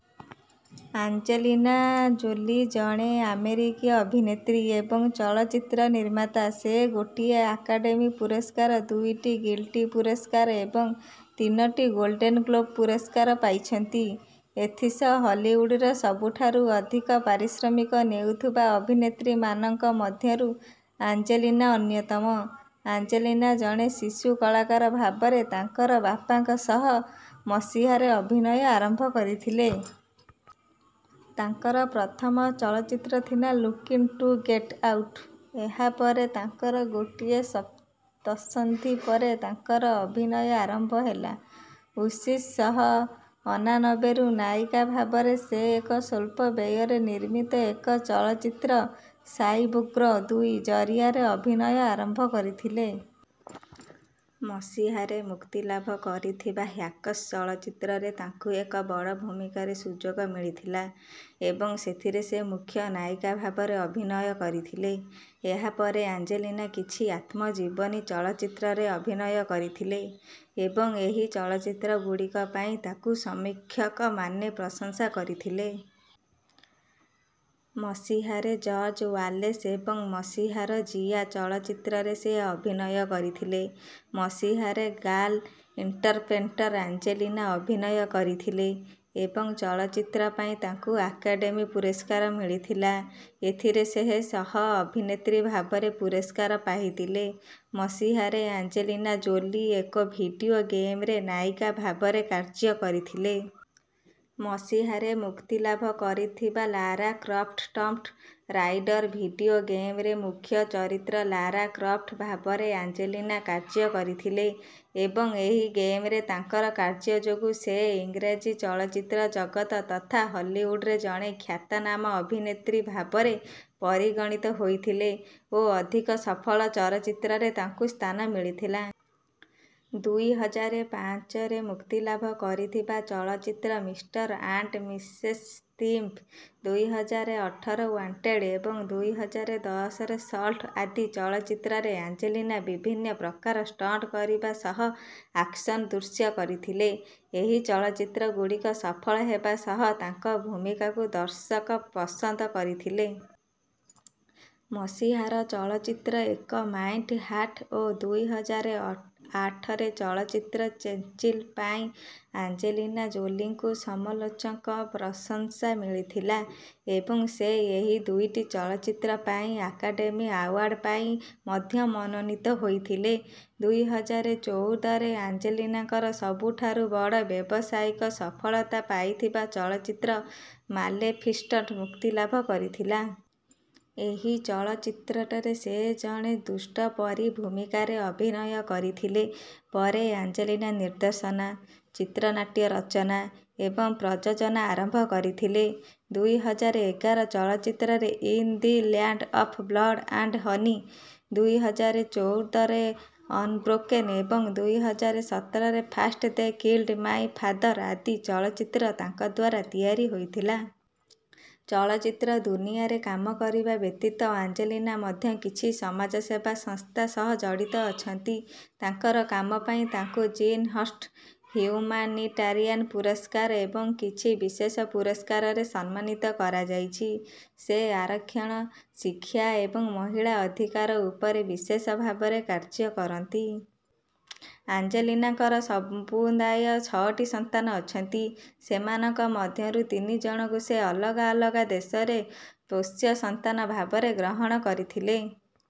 Angelina Jolie ଜଣେ ଆମେରିକୀୟ ଅଭିନେତ୍ରୀ ଏବଂ ଚଳଚ୍ଚିତ୍ର ନିର୍ମାତା। ସେ ଗୋଟିଏ ଆକାଡେମୀ ପୁରସ୍କାର, ଦୁଇଟି ଗିଲ୍ଡ ପୁରସ୍କାର ଏବଂ ତିନୋଟି ଗୋଲ୍ଡେନ ଗ୍ଲୋବ ପୁରସ୍କାର ପାଇଛନ୍ତି। ଏଥିସହ ହଲିଉଡର ସବୁଠାରୁ ଅଧିକ ପାରିଶ୍ରମିକ ନେଉଥିବା ଅଭିନେତ୍ରୀମାନଙ୍କ ମଧ୍ୟରୁ ଆଞ୍ଜେଲିନା ଅନ୍ୟତମ। ଆଞ୍ଜେଲିନା ଜଣେ ଶିଶୁ କଳାକାର ଭାବରେ ତାଙ୍କର ବାପାଙ୍କ ସହ ମସିହାରେ ଅଭିନୟ ଆରମ୍ଭ କରିଥିଲେ। ତାଙ୍କର ପ୍ରଥମ ଚଳଚ୍ଚିତ୍ର ଥିଲା ଲୁକିନ ଟୁ ଗେଟ ଆଉଟ। ଏହା ପରେ ତାଙ୍କର ଗୋଟିଏ ଦଶନ୍ଧି ପରେ ତାଙ୍କର ଅଭିନୟ ଆରମ୍ଭ ହେଲା ଉଷିଷ ଶହ ଅନାନବେ ରୁ। ନାୟିକା ଭାବରେ ସେ ଏକ ସ୍ୱଳ୍ପ ବ୍ୟୟରେ ନିର୍ମିତ ଏକ ଚଳଚ୍ଚିତ୍ର ସାଇବୋର୍ଗ ଦୁଇ ଜରିଆରେ ଅଭିନୟ ଆରମ୍ଭ କରିଥିଲେ। ମସିହାରେ ମୁକ୍ତିଲାଭ କରିଥିବା ହ୍ୟାକର୍ସ ଚଳଚ୍ଚିତ୍ରରେ ତାଙ୍କୁ ଏକ ବଡ଼ ଭୂମିକାରେ ସୁଯୋଗ ମିଳିଥିଲା ଏବଂ ସେଥିରେ ସେ ମୁଖ୍ୟ ନାୟିକା ଭାବରେ ଅଭିନୟ କରିଥିଲେ। ଏହାପରେ ଆଞ୍ଜେଲିନା କିଛି ଆତ୍ମଜୀବନୀ ଚଳଚ୍ଚିତ୍ରରେ ଅଭିନୟ କରିଥିଲେ ଏବଂ ଏହି ଚଳଚ୍ଚିତ୍ରଗୁଡ଼ିକ ପାଇଁ ତାଙ୍କୁ ସମୀକ୍ଷକମାନେ ପ୍ରଶଂସା କରିଥିଲେ। ମସିହାର ଜର୍ଜ ୱାଲେସ ଏବଂ ମସିହାର ଜିଆ ଚଳଚ୍ଚିତ୍ରରେ ସେ ଅଭିନୟ କରିଥିଲେ। ମସିହାରେ ଗାର୍ଲ ଇଣ୍ଟରପେଣ୍ଟର ଆଞ୍ଜେଲିନା ଅଭିନୟ କରିଥିଲେ ଏବଂ ଚଳଚ୍ଚିତ୍ର ପାଇଁ ତାଙ୍କୁ ଆକାଡେମୀ ପୁରସ୍କାର ମିଳିଥିଲା। ଏଥିରେ ସେ ସହ-ଅଭିନେତ୍ରୀ ଭାବରେ ପୁରସ୍କାର ପାଇଥିଲେ। ମସିହାରେ ଆଞ୍ଜେଲିନା ଜୋଲି ଏକ ଭିଡିଓ ଗେମରେ ନାୟିକା ଭାବରେ କାର୍ଯ୍ୟ କରିଥିଲେ। ମସିହାରେ ମୁକ୍ତିଲାଭ କରିଥିବା Lara Croft Tomb Raider video ଗେମର ମୁଖ୍ୟ ଚରିତ୍ର ଲାରା କ୍ରଫ୍ଟ ଭାବରେ ଆଞ୍ଜେଲିନା କାର୍ଯ୍ୟ କରିଥିଲେ ଏବଂ ଏହି ଗେମରେ ତାଙ୍କର କାର୍ଯ୍ୟ ଯୋଗୁଁ ସେ ଇଂରାଜୀ ଚଳଚ୍ଚିତ୍ର ଜଗତ ତଥା ହଲିଉଡର ଜଣେ ଖ୍ୟାତାନାମା ଅଭିନେତ୍ରୀ ଭାବରେ ପରିଗଣିତ ହୋଇଥିଲେ ଓ ଅଧିକ ସଫଳ ଚଳଚ୍ଚିତ୍ରରେ ତାଙ୍କୁ ସ୍ଥାନ ମିଳିଥିଲା। ଦୁଇ ହଜାର ପାଞ୍ଚରେ ମୁକ୍ତିଲାଭ କରିଥିବା ଚଳଚ୍ଚିତ୍ର ମିଷ୍ଟର ଆଣ୍ଡ ମିସେସ ସ୍ମିଥ, ଦୁଇ ହଜାର ଆଠର ୱାଣ୍ଟେଡ ଏବଂ ଦୁଇ ହଜାର ଦଶର ସଲ୍ଟ ଆଦି ଚଳଚ୍ଚିତ୍ରରେ ଆଞ୍ଜେଲିନା ବିଭିନ୍ନ ପ୍ରକାର ଷ୍ଟଣ୍ଟ କରିବା ସହ ଆକ୍ସନ ଦୃଶ୍ୟ କରିଥିଲେ। ଏହି ଚଳଚ୍ଚିତ୍ରଗୁଡ଼ିକ ସଫଳ ହେବା ସହ ତାଙ୍କ ଭୂମିକାକୁ ଦର୍ଶକ ପସନ୍ଦ କରିଥିଲେ। ମସିହାର ଚଳଚ୍ଚିତ୍ର ଏ ମାଇଟି ହାର୍ଟ ଓ ଦୁଇ ହଜାର ଆଠର ଚଳଚ୍ଚିତ୍ର ଚେଞ୍ଜଲିଂ ପାଇଁ ଅଞ୍ଜେଲିନା ଜୋଲିଙ୍କୁ ସମାଲୋଚକ ପ୍ରଶଂସା ମିଳିଥିଲା ଏବଂ ସେ ଏହି ଦୁଇଟି ଚଳଚ୍ଚିତ୍ର ପାଇଁ ଆକାଡେମୀ ଆୱାର୍ଡ଼ ପାଇଁ ମଧ୍ୟ ମନୋନୀତ ହୋଇଥିଲେ। ଦୁଇ ହଜାର ଚୌଦରେ ଅଞ୍ଜେଲିନାଙ୍କର ସବୁଠାରୁ ବଡ଼ ବ୍ୟବସାୟିକ ସଫଳତା ପାଇଥିବା ଚଳଚ୍ଚିତ୍ର ମାଲେଫିସେଣ୍ଟ ମୁକ୍ତିଲାଭ କରିଥିଲା। ଏହି ଚଳଚ୍ଚିତ୍ରଟିରେ ସେ ଜଣେ ଦୁଷ୍ଟ ପରୀ ଭୂମିକାରେ ଅଭିନୟ କରିଥିଲେ। ପରେ ଅଞ୍ଜେଲିନା ନିର୍ଦ୍ଦେଶନା, ଚିତ୍ରନାଟ୍ୟ ରଚନା ଏବଂ ପ୍ରଯୋଜନା ଆରମ୍ଭ କରିଥିଲେ। ଦୁଇ ହଜାର ଏଗାରର ଚଳଚ୍ଚିତ୍ର in the land of blood and honey, ଦୁଇ ହଜାର ଚୌଦର ଅନବ୍ରୋକେନ ଏବଂ ଦୁଇ ହଜାର ସତରର first they killed my father ଆଦି ଚଳଚ୍ଚିତ୍ର ତାଙ୍କ ଦ୍ୱାରା ତିଆରି ହୋଇଥିଲା। ଚଳଚ୍ଚିତ୍ର ଦୁନିଆରେ କାମ କରିବା ବ୍ୟତୀତ ଅଞ୍ଜେଲିନା ମଧ୍ୟ କିଛି ସାମାଜିକ ସେବା ସଂସ୍ଥା ସହ ଜଡ଼ିତ ଅଛନ୍ତି। ତାଙ୍କର କାମ ପାଇଁ ତାଙ୍କୁ ଜୀନ ହର୍ସଲ୍ଟ ହ୍ୟୁମାନିଟାରିଆନ ପୁରସ୍କାର ଏବଂ କିଛି ବିଶେଷ ପୁରସ୍କାରରେ ସମ୍ମାନିତ କରାଯାଇଛି। ସେ ଆରକ୍ଷଣ, ଶିକ୍ଷା ଏବଂ ମହିଳା ଅଧିକାର ଉପରେ ବିଶେଷ ଭାବରେ କାର୍ଯ୍ୟ କରନ୍ତି। ଅଞ୍ଜେଲିନାଙ୍କର ସମୁଦାୟ ଛଅଟି ସନ୍ତାନ ଅଛନ୍ତି, ସେମାନଙ୍କ ମଧ୍ୟରୁ ତିନି ଜଣଙ୍କୁ ସେ ଅଲଗା ଅଲଗା ଦେଶରୁ ପୋଷ୍ୟ ସନ୍ତାନ ଭାବରେ ଗ୍ରହଣ କରିଥିଲେ।